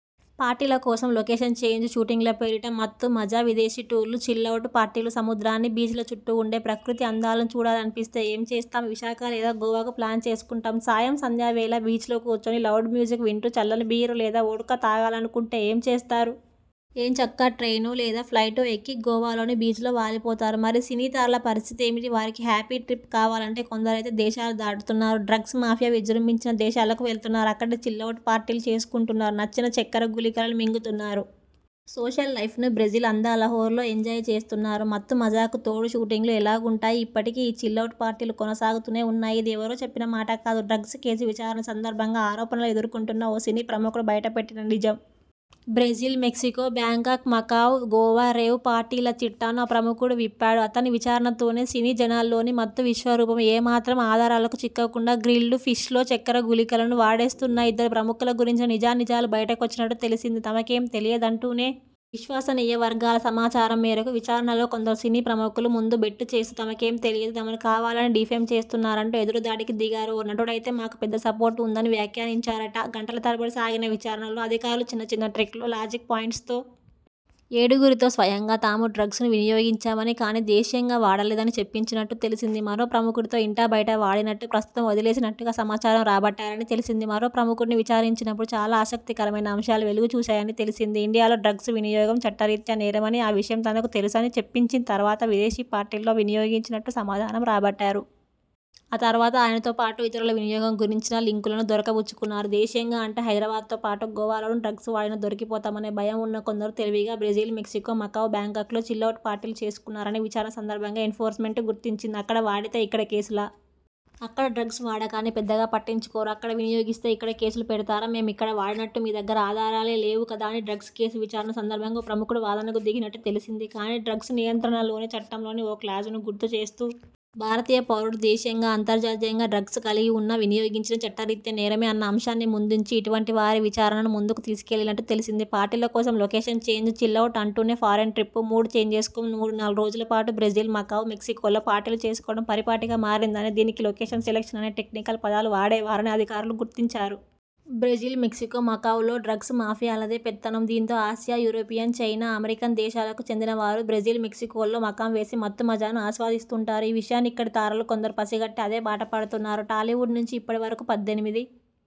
పార్టీల కోసం 'లొకేషన్ చేంజ్'షూటింగ్ల పేరిట మత్తు.. మజా విదేశీ టూర్లు.. చిల్ అవుట్ పార్టీలు సముద్రాన్ని, బీచ్ల చుట్టూ ఉండే ప్రకృతి అందాలను చూడాలనిపిస్తే ఏం చేస్తాం? విశాఖ లేదా గోవాకు ప్లాన్ చేసుకుంటాం. సాయం సంధ్య వేళ బీచ్లో కూర్చొని లౌడ్ మ్యూజిక్ వింటూ చల్లని బీర్ లేదా వోడ్కా తాగాలనుకుంటే ఏం చేస్తారు? ఎంచక్కా ట్రైనో లేదా ఫ్లయిటో ఎక్కి గోవాలోని బీచ్ లో వాలిపోతారు. మరి సినీతారల పరిస్థితి ఏమిటి? వారికి హ్యాపీ ట్రిప్ కావాలంటే? కొందరైతే దేశాలు దాటుతున్నారు. డ్రగ్స్ మాఫియా విజృంభించిన దేశాలకు వెళ్తున్నారు. అక్కడే చిల్ అవుట్ పార్టీలు చేసుకుంటున్నారు. నచ్చిన చక్కెర గుళికలను మింగుతున్నారు. సోషల్ లైఫ్ ను బ్రెజిల్ అందాల హోరులో ఎంజాయ్ చేస్తున్నారు. మత్తుమజాకు తోడు షూటింగ్లు ఎలాగూ ఉంటాయి.. ఇప్పటికీ ఈ చిల్ అవుట్ పార్టీలు కొనసాగుతూనే ఉన్నాయి. ఇది ఎవరో చెప్పిన మాట కాదు. డ్రగ్స్ కేసు విచారణ సందర్భంగా.. ఆరోపణలు ఎదుర్కొంటున్న ఓ సినీ ప్రముఖుడు బయటపెట్టిన నిజం. Brazil, Mexico, Bangkok, Macau, Goa rave పార్టీల చిట్టాను ఆ ప్రముఖుడు విప్పాడు. అతని విచారణతోనే సినీ జనాల్లోని మత్తు విశ్వరూపం, ఏ మాత్రం ఆధారాలకు చిక్కకుండా గ్రిల్డ్ ఫిష్లో చక్కెర గుళికలను వాడేస్తున్న ఇద్దరు ప్రముఖుల గురించిన నిజానిజాలు బయటకొచ్చినట్టు తెలిసింది. తమకేం తెలియదంటూనే.. విశ్వసనీయ వర్గాల సమాచారం మేరకు.. విచారణలో కొందరు సినీ ప్రముఖులు ముందు బెట్టూ చేస్తూ తమకేం తెలియదు, తమను కావాలని డీఫేమ్ చేస్తున్నారంటూ ఎదురుదాడికి దిగారు. ఓ నటుడయితే 'మాకూ పెద్ద సపోర్ట్ ఉంద'ని వ్యాఖ్యానించారట. గంటల తరబడి సాగిన విచారణలో అధికారులు చిన్న చిన్న ట్రిక్లు, లాజిక్ పాయింట్స్తో.. ఏడుగురితో స్వయంగా తాము డ్రగ్స్ ను వినియోగించామని, కానీ దేశీయంగా వాడలేదని చెప్పించినట్టు తెలిసింది. మరో ప్రముఖుడి తో ఇంటా బయట వాడినట్టు, ప్రస్తుతం వదిలేసినట్టుగా సమాచారం రాబట్టారని తెలిసింది. మరో ప్రముఖడిని విచారించినప్పుడు చాలా ఆసక్తికరమైన అంశాలు వెలుగుచూశాయని తెలిసింది. ఇండియాలో డ్రగ్స్ వినియోగం చట్టరీత్యా నేరమని, ఆ విషయం తనకు తెలుసని చెప్పించిన తర్వాత విదేశీ పార్టీల్లో వినియోగించినట్టు సమాధానం రాబట్టారు. ఆ తర్వాత ఆయనతోపాటు ఇతరుల వినియోగం గురించిన లింకులను దొరకబుచ్చుకున్నారు. దేశీయంగా అంటే హైదరాబాద్తో పాటు గోవాలోనూ డ్రగ్స్ వాడినా దొరికిపోతామనే భయం ఉన్న కొందరు తెలివిగా బ్రెజిల్, మెక్సికో, మకావ్, బ్యాంకాక్ల్లో చిల్ అవుట్ పార్టీలు చేసుకున్నారని విచారణ సందర్భంగా ఎన్ఫోర్స్మెంట్ గుర్తించింది. అక్కడ వాడితే ఇక్కడ కేసులా? '' అక్కడ డ్రగ్స్ వాడకాన్ని పెద్దగా పట్టించుకోరు. అక్కడ వినియోగిస్తే ఇక్కడ కేసులు పెడుతారా? మేం ఇక్కడ వాడినట్టు మీ దగ్గర ఆధారాలే లేవు కదా'' అని డ్రగ్స్ కేసు విచారణ సందర్భంగా ఓ ప్రముఖుడు వాదనకు దిగినట్టు తెలిసింది. కానీ.. డ్రగ్స్ నియంత్రణలోని చట్టంలోని ఓ క్లాజును గుర్తుచేస్తూ.. ''భారతీయ పౌరుడు దేశీయంగా, అంతర్జాతీయంగా డ్రగ్స్ కలిగి ఉన్నా, వినియోగించినా చట్టరీత్యా నేరమే'' అన్న అంశాన్ని ముందుంచి ఇటువంటి వారి విచారణను ముందుకు తీసుకెళ్లినట్టు తెలిసింది. పార్టీల కోసం 'లొకేషన్ చేంజ్'చిల్ అవుట్ అంటేనే ఫారిన్ ట్రిప్. మూడ్ చేంజ్కోసం మూడునాలుగు రోజుల పాటు బ్రెజిల్, మకావ్, మెక్సికోల్లో పార్టీలు చేసుకోవడం పరిపాటిగా మారిందని, దీనికి లొకేషన్ సెలక్షన్ అనే టెక్నికల్ పదాలు వాడేవారని అధికారులు గుర్తించారు. బ్రెజిల్, మెక్సికో, మకావ్ లో డ్రగ్స్ మాఫియాలదే పెత్తనం. దీంతో ఆసియా, యూరోపియన్, చైనా, అమెరికన్ దే శాలకు చెందిన వారు బ్రెజిల్, మెక్సికోల్లో మకాం వేసి మత్తు మజాను ఆస్వాదిస్తుంటారు. ఈ విషయాన్ని ఇక్కడి తారలు కొందరు పసిగట్టి అదే బాటపడుతున్నారు. టాలీవుడ్ నుంచి ఇప్పటి వరకు పద్దెనిమిది